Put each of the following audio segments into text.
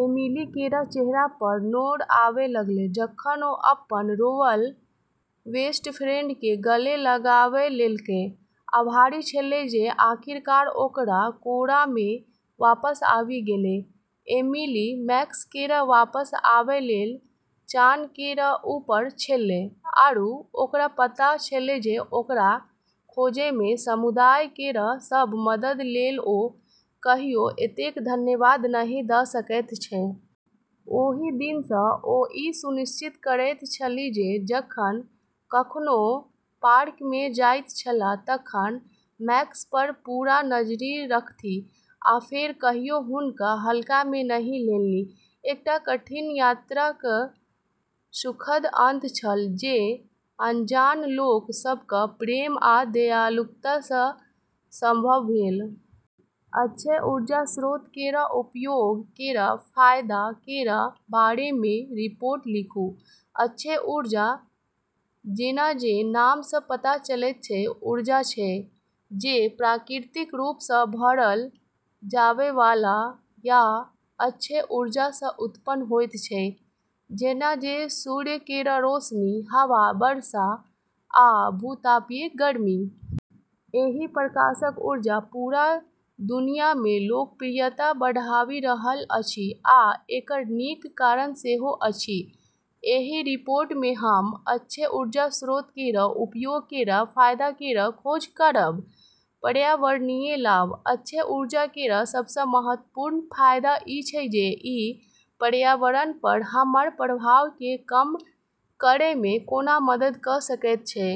Emily केर चेहरापर नोर बहै लागलै, जखन ओ अपन रोअल बेस्ट फ्रेंडकेँ गले लगाबै लेलकै, आभारी छेलै जे आखिरकार ओकरा कोरामे वापस आबि गेलै। एमिली मैक्स केर वापस आबै लेल चान केर ऊपर छेलै, आरू ओकरा पता छेलै जे ओकरा खोजैमे समुदाय केर सभ मदद लेल ओ कहियो एतेक धन्यवाद नहि दऽ सकैत छै। ओहि दिनसँ ओ ई सुनिश्चित करैत छलीह जे जखन कखनो पार्कमे जाइत छलाह तखन मैक्सपर पूरा नजरि राखथि, आ फेर कहियो हुनका हल्कामे नहि लेलनि। एकटा कठिन यात्राक सुखद अंत छल, जे अनजान लोक सभक प्रेम आ दयालुतासँ संभव भेल। अक्षय ऊर्जा स्रोत केर उपयोग केर फायदा केर बारेमे रिपोर्ट लिखू। अक्षय ऊर्जा, जेना जे नामसँ पता चलैत छै, ऊर्जा छै जे प्राकृतिक रूपसँ भरल जाबैवाला, या अक्षय ऊर्जासँ उत्पन्न होइत छै, जेना जे सूर्य केर रोशनी, हवा, वर्षा, आ भू-तापीय गर्मी। एहि प्रकारक ऊर्जा पूरा दुनियामे लोकप्रियता बढ़ि रहल अछि आ एकर नीक कारण सेहो अछि। एहि रिपोर्टमे हम अक्षय ऊर्जा स्रोत केर उपयोग केर फायदा केर खोज करब। पर्यावरणीय लाभ: अक्षय ऊर्जा केर सबसँ महत्वपूर्ण फायदा ई छै जे ई पर्यावरणपर हमर प्रभावकेँ कम करैमे कोना मदद कऽ सकैत छै।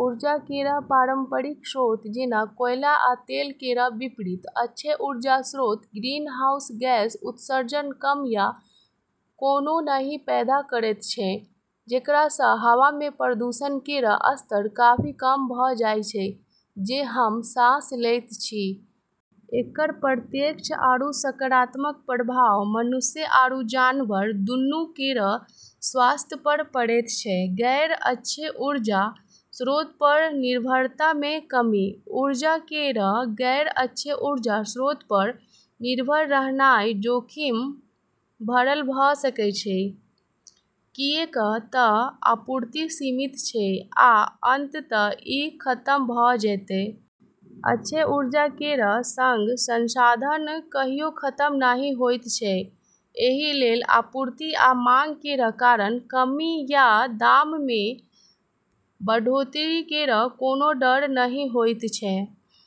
ऊर्जा केर पारंपरिक स्रोत, जेना कोयला आ तेल केर विपरीत, अक्षय ऊर्जा स्रोत ग्रीनहाउस गैस उत्सर्जन कम या कोनो नहि पैदा करैत छै, जेकरासँ हवामे प्रदूषण केर स्तर काफी कम भऽ जाइत छै जे हम सांस लैत छी। एकर प्रत्यक्ष आरू सकारात्मक प्रभाव मनुष्य आरू जनावर दूनू केर स्वास्थ्यपर पड़ैत छै। गैर-अक्षय ऊर्जा स्रोतपर निर्भरतामे कमी: ऊर्जा केर गैर-अक्षय ऊर्जा स्रोतपर निर्भर रहनाइ जोखिम भरल भऽ सकैत छै, किऐक तऽ आपूर्ति सीमित छै आ अंततः ई खतम भऽ जेतै। अक्षय ऊर्जा केर संग संसाधन कहियो खतम नहि होइत छै, एहि लेल आपूर्ति आ माँग केर कारण कमी या दाममे बढ़ोतरी केर कोनो डर नहि होइत छै।